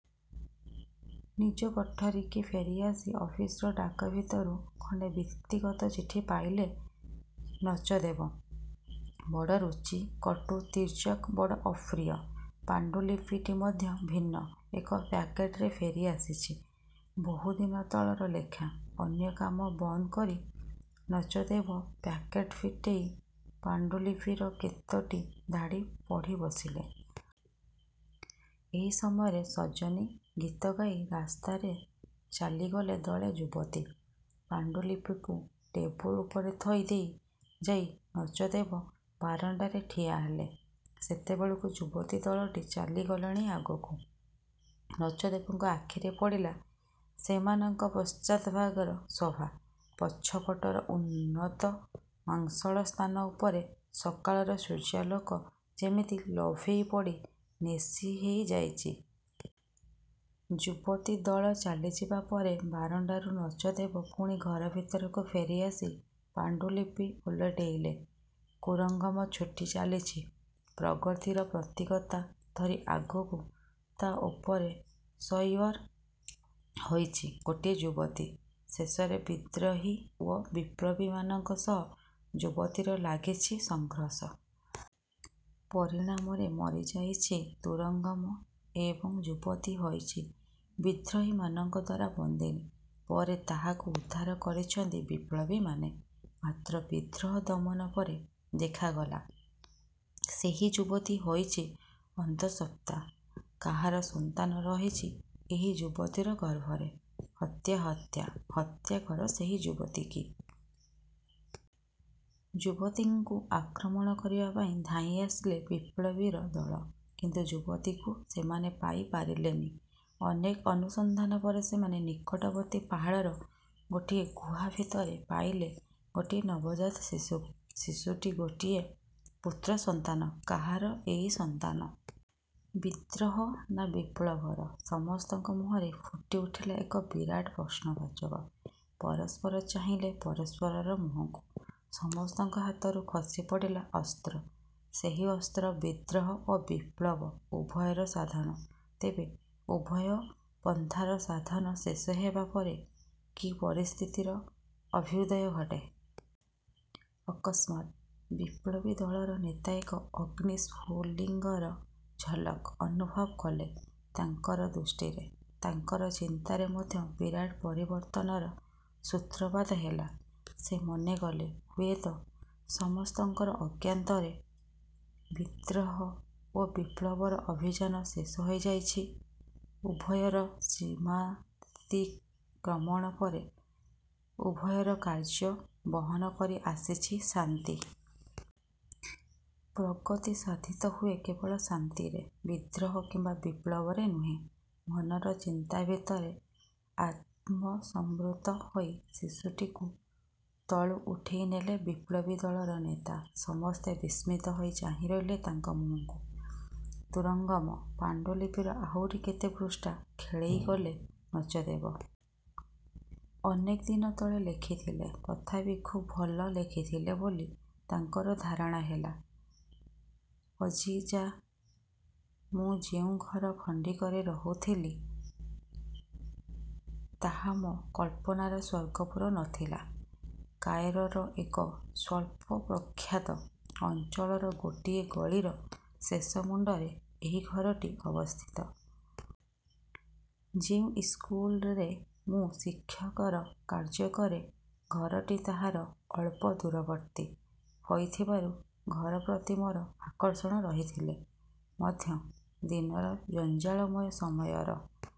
ନିଜ କୋଠରିକି ଫେରି ଆସି ଅଫିସର ଡାକ ଭିତରୁ ଖଣ୍ଡେ ବ୍ୟକ୍ତିଗତ ଚିଠି ପାଇଲେ ନଚଦେବ। ବଡ଼ ରୁଚି କଟୁ, ତିର୍ଯକ, ବଡ଼ ଅପ୍ରିୟ। ପାଣ୍ଡୁଲିପିଟି ମଧ୍ୟ ଭିନ୍ନ ଏକ ପ୍ୟାକେଟରେ ଫେରି ଆସିଛି। ବହୁ ଦିନ ତଳର ଲେଖା। ଅନ୍ୟ କାମ ବନ୍ଦ କରି ନଚଦେବ ପ୍ୟାକେଟ ଫିଟେଇ ପାଣ୍ଡୁ ଲିପିର କେତୋଟି ଧାଡ଼ି ପଢ଼ି ବସିଲେ। ଏହି ସମୟରେ 'ସଜନୀ' ଗୀତ ଗାଇ ରାସ୍ତାରେ ଚାଲିଗଲେ ଦଳେ ଯୁବତୀ। ପାଣ୍ଡୁଲିପିକୁ ଟେବୁଲ ଉପରେ ଥୋଇ ଦେଇ ଯାଇ ନଚଦେବ ବାରଣ୍ଡାରେ ଠିଆ ହେଲେ। ସେତେବେଳକୁ ଯୁବତୀ ଦଳଟି ଚାଲିଗଲେଣି ଆଗକୁ। ନଚଦେବଙ୍କ ଆଖିରେ ପଡ଼ିଲା ସେମାନଙ୍କ ପଶ୍ଚାତ୍ଭାଗର ଶୋଭା। ପଛପଟର ଉନ୍ନତ ମାଂସଳ ସ୍ଥାନ ଉପରେ ସକାଳର ସୂର୍ଯ୍ୟାଲୋକ ଯେମିତି ଲୋଭେଇ ପଡ଼ି ନେଶି ହେଇ ଯାଇଚି। ଯୁବତୀଦଳ ଚାଲିଯିବା ପରେ ବାରଣ୍ଡାରୁ ନଚଦେବ ପୁଣି ଘର ଭିତରକୁ ଫେରି ଆସି ପାଣ୍ଡୁଲିପି ଓଲଟେଇଲେ। 'କୁରଙ୍ଗମ ଛୁଟି ଚାଲିଛି ପ୍ରଗତିର ପ୍ରତୀକତା ଧରି ଆଗକୁ, ତା' ଉପରେ ସଓ୍ୟାର୍ ହୋଇଛି ଗୋଟିଏ ଯୁବତୀ; ଶେଷରେ ବିଦ୍ରୋହୀ ଓ ବିପ୍ଳବୀମାନଙ୍କ ସହ ଯୁବତୀର ଲାଗିଛି ସଂଘର୍ଷ। ପରିଣାମରେ ମରି ଯାଇଛି ତୁରଙ୍ଗମ ଏବଂ ଯୁବତୀ ହୋଇଛି ବିଦ୍ରୋହୀମାନଙ୍କଦ୍ଵାରା ବନ୍ଦିନୀ। ପରେ ତାହାକୁ ଉଦ୍ଧାର କରିଛନ୍ତି ବିପ୍ଳବୀମାନେ। ମାତ୍ର ବିଦ୍ରୋହ ଦମନ ପରେ ଦେଖାଗଲା, ସେହି ଯୁବତୀ ହୋଇଛି ଅନ୍ତଃସତ୍ତ୍ଵା। କାହାର ସନ୍ତାନ ରହିଛି ଏହି ଯୁବତୀର ଗର୍ଭରେ? ହତ୍ୟା, ହତ୍ୟା। ହତ୍ୟାକର ସେହି ଯୁବତୀକି। ଯୁବତୀଙ୍କୁ ଆକ୍ରମଣ କରିବା ପାଇଁ ଧାଇଁ ଆସିଲେ ବିପ୍ଳବୀର ଦଳ। କିନ୍ତୁ ଯୁବତୀକୁ ସେମାନେ ପାଇ ପାରିଲେନି। ଅନେକ ଅନୁସନ୍ଧାନ ପରେ ସେମାନେ ନିକଟବର୍ତ୍ତୀ ପାହାଡ଼ର ଗୋଟିଏ ଗୁହା ଭିତରେ ପାଇଲେ ଗୋଟିଏ ନବଜାତ ଶିଶୁକୁ। ଶିଶୁଟି ଗୋଟିଏ ପୁତ୍ର ସନ୍ତାନ। କାହାର ଏହି ସନ୍ତାନ? ବିଦ୍ରୋହ ନା ବିପ୍ଳବର? ସମସ୍ତଙ୍କ ମୁହଁରେ ଫୁଟି ଉଠିଲା ଏକ ବିରାଟ ପ୍ରଶ୍ନବାଚକ। ପରସ୍ପର ଚାହିଁଲେ ପରସ୍ପରର ମୁହଁକୁ। ସମସ୍ତଙ୍କ ହାତରୁ ଖସି ପଡ଼ିଲା ଅସ୍ତ୍ର। ସେହି ଅସ୍ତ୍ର ବିଦ୍ରୋହ ଓ ବିପ୍ଳବ ଉଭୟର ସାଧନ। ତେବେ, ଉଭୟ ପନ୍ଥାର ସାଧନ ଶେଷ ହେବା ପରେ କି ପରିସ୍ଥିତିର ଅଭ୍ୟୁଦୟ ଘଟେ? ଅକସ୍ମାତ୍ ବିପ୍ଳବୀଦଳର ନେତା ଏକ ଅଗ୍ନି ସ୍ଫୁଲିଙ୍ଗର ଝଲକ ଅନୁଭବ କଲେ ତାଙ୍କର ଦୃଷ୍ଟିରେ। ତାଙ୍କର ଚିନ୍ତାରେ ମଧ୍ୟ ବିରାଟ ପରିବର୍ତ୍ତନର ସୂତ୍ରପାତ ହେଲା। ସେ ମନେ କଲେ, ହୁଏତ ସମସ୍ତଙ୍କର ଅଜ୍ଞାତରେ ବିଦ୍ରୋହ ଓ ବିପ୍ଳବର ଅଭିଯାନ ଶେଷ ହୋଇଯାଇଛି। ଉଭୟର ସୀମାତିକ୍ରମଣ ପରେ ଉଭୟର କାର୍ଯ୍ୟ ବହନ କରି ଆସିଛି ଶାନ୍ତି। ପ୍ରଗତି ସାଧିତ ହୁଏ କେବଳ ଶାନ୍ତିରେ, ବିଦ୍ରୋହ କିମ୍ବା ବିପ୍ଳବରେ ନୁହେଁ। ମନର ଚିନ୍ତା ଭିତରେ ଆତ୍ମସମ୍ବୃତ ହୋଇ ଶିଶୁଟିକୁ ତଳୁ ଉଠେଇ ନେଲେ ବିପ୍ଳବୀଦଳର ନେତା। ସମସ୍ତେ ବିସ୍ମିତ ହୋଇ ଚାହିଁ ରହିଲେ ତାଙ୍କ ମୁହଁକୁ। ତୁରଙ୍ଗମ! ପାଣ୍ଡୁଲିପିର ଆହୁରି କେତେ ପୃଷ୍ଠା ଖେଳେଇ ଗଲେ ନଚଦେବ। ଅନେକ ଦିନ ତଳେ ଲେଖିଥିଲେ, ତଥାପି ଖୁବ୍ ଭଲ ଲେଖିଥିଲେ ବୋଲି ତାଙ୍କର ଧାରଣା ହେଲା। ଅଜିଜା ମୁଁ ଯେଉଁ ଘର ଖଣ୍ଡିକରେ ରହୁଥିଲି, ତାହା ମୋ କଳ୍ପନାର ସ୍ଵର୍ଗପୁର ନ ଥିଲା। କାଏରୋରେ ଏକ ସ୍ୱଳ୍ପପ୍ରଖ୍ୟାତ ଅଞ୍ଚଳର ଗୋଟିଏ ଗଳିର ଶେଷ ମୁଣ୍ଡରେ ଏହି ଘରଟି ଅବସ୍ଥିତ। ଯେଉଁ ଇସ୍କୁଲରେ ମୁଁ ଶିକ୍ଷକର କାର୍ଯ୍ୟ କରେ, ଘରଟି ତାହାର ଅଳ୍ପ ଦୂରବର୍ତ୍ତୀ ହୋଇଥିବାରୁ ଘରପ୍ରତି ମୋର ଆକର୍ଷଣ ରହିଥିଲେ। ମଧ୍ୟ ଦିନର ଜଞ୍ଜାଳମୟ ସମୟର